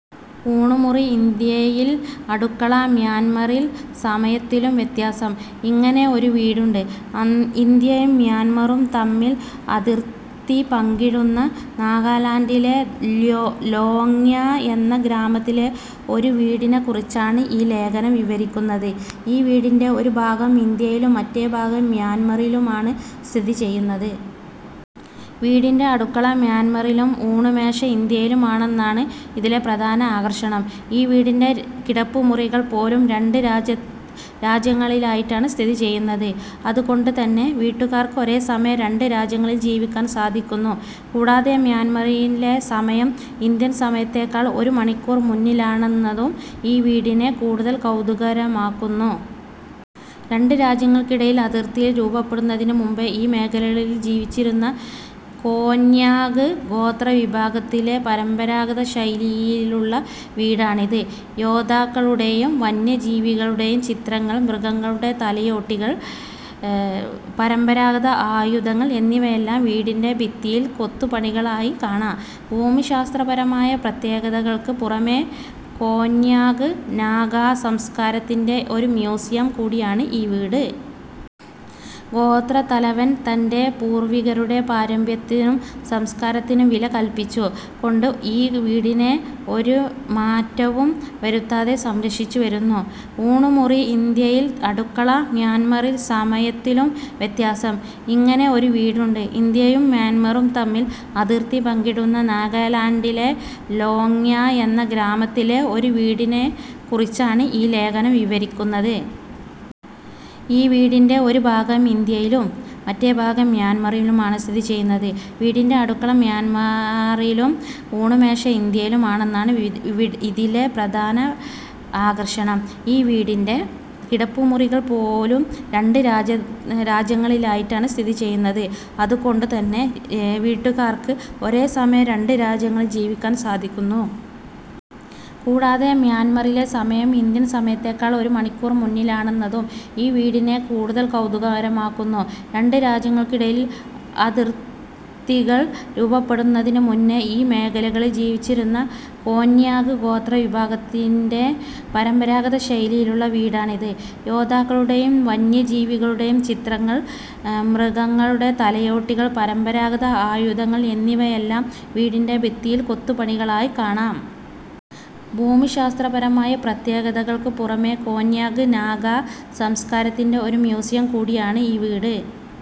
ഊണുമുറി ഇന്ത്യയിൽ, അടുക്കള മ്യാൻമറിൽ! സമയത്തിലും വ്യത്യാസം; ഇങ്ങനെ ഒരു വീടുണ്ട് ഇന്ത്യയും മ്യാൻമാറും തമ്മിൽ അതിർത്തി പങ്കിടുന്ന നാഗാലാൻഡിലെ ലോങ്ങ്വ എന്ന ഗ്രാമത്തിലെ ഒരു വീടിനെക്കുറിച്ചാണ് ഈ ലേഖനം വിവരിക്കുന്നത്. ഈ വീടിന്റെ ഒരു ഭാഗം ഇന്ത്യയിലും മറ്റേ ഭാഗം മ്യാൻമാറിലുമാണ് സ്ഥിതി ചെയ്യുന്നത്. വീടിന്റെ അടുക്കള മ്യാൻമാറിലും ഊണുമേശ ഇന്ത്യയിലും ആണെന്നതാണ് ഇതിലെ പ്രധാന ആകർഷണം. ഈ വീടിന്റെ കിടപ്പുമുറികൾ പോലും രണ്ട് രാജ്യങ്ങളിലായിട്ടാണ് സ്ഥിതി ചെയ്യുന്നത്. അതുകൊണ്ട് തന്നെ വീട്ടുകാർക്ക് ഒരേ സമയം രണ്ട് രാജ്യങ്ങളിൽ ജീവിക്കാൻ സാധിക്കുന്നു. കൂടാതെ, മ്യാൻമാറിലെ സമയം ഇന്ത്യൻ സമയത്തേക്കാൾ ഒരു മണിക്കൂർ മുന്നിലാണെന്നതും ഈ വീടിനെ കൂടുതൽ കൗതുകകരമാക്കുന്നു. രണ്ട് രാജ്യങ്ങൾക്കിടയിൽ അതിർത്തികൾ രൂപപ്പെടുന്നതിന് മുമ്പേ ഈ മേഖലയിൽ ജീവിച്ചിരുന്ന കോന്യാക് ഗോത്ര വിഭാഗത്തിന്റെ പരമ്പരാഗത ശൈലിയിലുള്ള വീടാണിത്. യോദ്ധാക്കളുടെയും വന്യജീവികളുടെയും ചിത്രങ്ങൾ, മൃഗങ്ങളുടെ തലയോട്ടികൾ, പരമ്പരാഗത ആയുധങ്ങൾ എന്നിവയെല്ലാം വീടിന്റെ ഭിത്തികളിൽ കൊത്തുപണികളായി കാണാം. ഭൂമിശാസ്ത്രപരമായ പ്രത്യേകതകൾക്ക് പുറമെ, കോന്യാക് നാഗാ സംസ്കാരത്തിന്റെ ഒരു മ്യൂസിയം കൂടിയാണ് ഈ വീട്. ഗോത്രത്തലവൻ തന്റെ പൂർവ്വികരുടെ പാരമ്പര്യത്തിനും സംസ്കാരത്തിനും വില കൽപ്പിച്ചു കൊണ്ട് ഈ വീടിനെ ഒരു മാറ്റവും വരുത്താതെ സംരക്ഷിച്ചു വരുന്നു. ഊണുമുറി ഇന്ത്യയിൽ, അടുക്കള മ്യാൻമറിൽ! സമയത്തിലും വ്യത്യാസം; ഇങ്ങനെ ഒരു വീടുണ്ട് ഇന്ത്യയും മ്യാൻമാറും തമ്മിൽ അതിർത്തി പങ്കിടുന്ന നാഗാലാൻഡിലെ ലോങ്ങ്വ എന്ന ഗ്രാമത്തിലെ ഒരു വീടിനെക്കുറിച്ചാണ് ഈ ലേഖനം വിവരിക്കുന്നത്. ഈ വീടിന്റെ ഒരു ഭാഗം ഇന്ത്യയിലും മറ്റേ ഭാഗം മ്യാൻമാറിലുമാണ് സ്ഥിതി ചെയ്യുന്നത്. വീടിന്റെ അടുക്കള മ്യാൻമാറിലും ഊണുമേശ ഇന്ത്യയിലും ആണെന്നതാണ് ഇതിലെ പ്രധാന ആകർഷണം. ഈ വീടിന്റെ കിടപ്പുമുറികൾ പോലും രണ്ട് രാജ്യങ്ങളിലായിട്ടാണ് സ്ഥിതി ചെയ്യുന്നത്. അതുകൊണ്ട് തന്നെ വീട്ടുകാർക്ക് ഒരേ സമയം രണ്ട് രാജ്യങ്ങളിൽ ജീവിക്കാൻ സാധിക്കുന്നു. കൂടാതെ, മ്യാൻമാറിലെ സമയം ഇന്ത്യൻ സമയത്തേക്കാൾ ഒരു മണിക്കൂർ മുന്നിലാണെന്നതും ഈ വീടിനെ കൂടുതൽ കൗതുകകരമാക്കുന്നു. രണ്ട് രാജ്യങ്ങൾക്കിടയിൽ അതിർത്തികൾ രൂപപ്പെടുന്നതിന് മുമ്പേ ഈ മേഖലയിൽ ജീവിച്ചിരുന്ന കോന്യാക് ഗോത്ര വിഭാഗത്തിന്റെ പരമ്പരാഗത ശൈലിയിലുള്ള വീടാണിത്. യോദ്ധാക്കളുടെയും വന്യജീവികളുടെയും ചിത്രങ്ങൾ, മൃഗങ്ങളുടെ തലയോട്ടികൾ, പരമ്പരാഗത ആയുധങ്ങൾ എന്നിവയെല്ലാം വീടിന്റെ ഭിത്തികളിൽ കൊത്തുപണികളായി കാണാം. ഭൂമിശാസ്ത്രപരമായ പ്രത്യേകതകൾക്ക് പുറമെ, കോന്യാക് നാഗാ സംസ്കാരത്തിന്റെ ഒരു മ്യൂസിയം കൂടിയാണ് ഈ വീട്.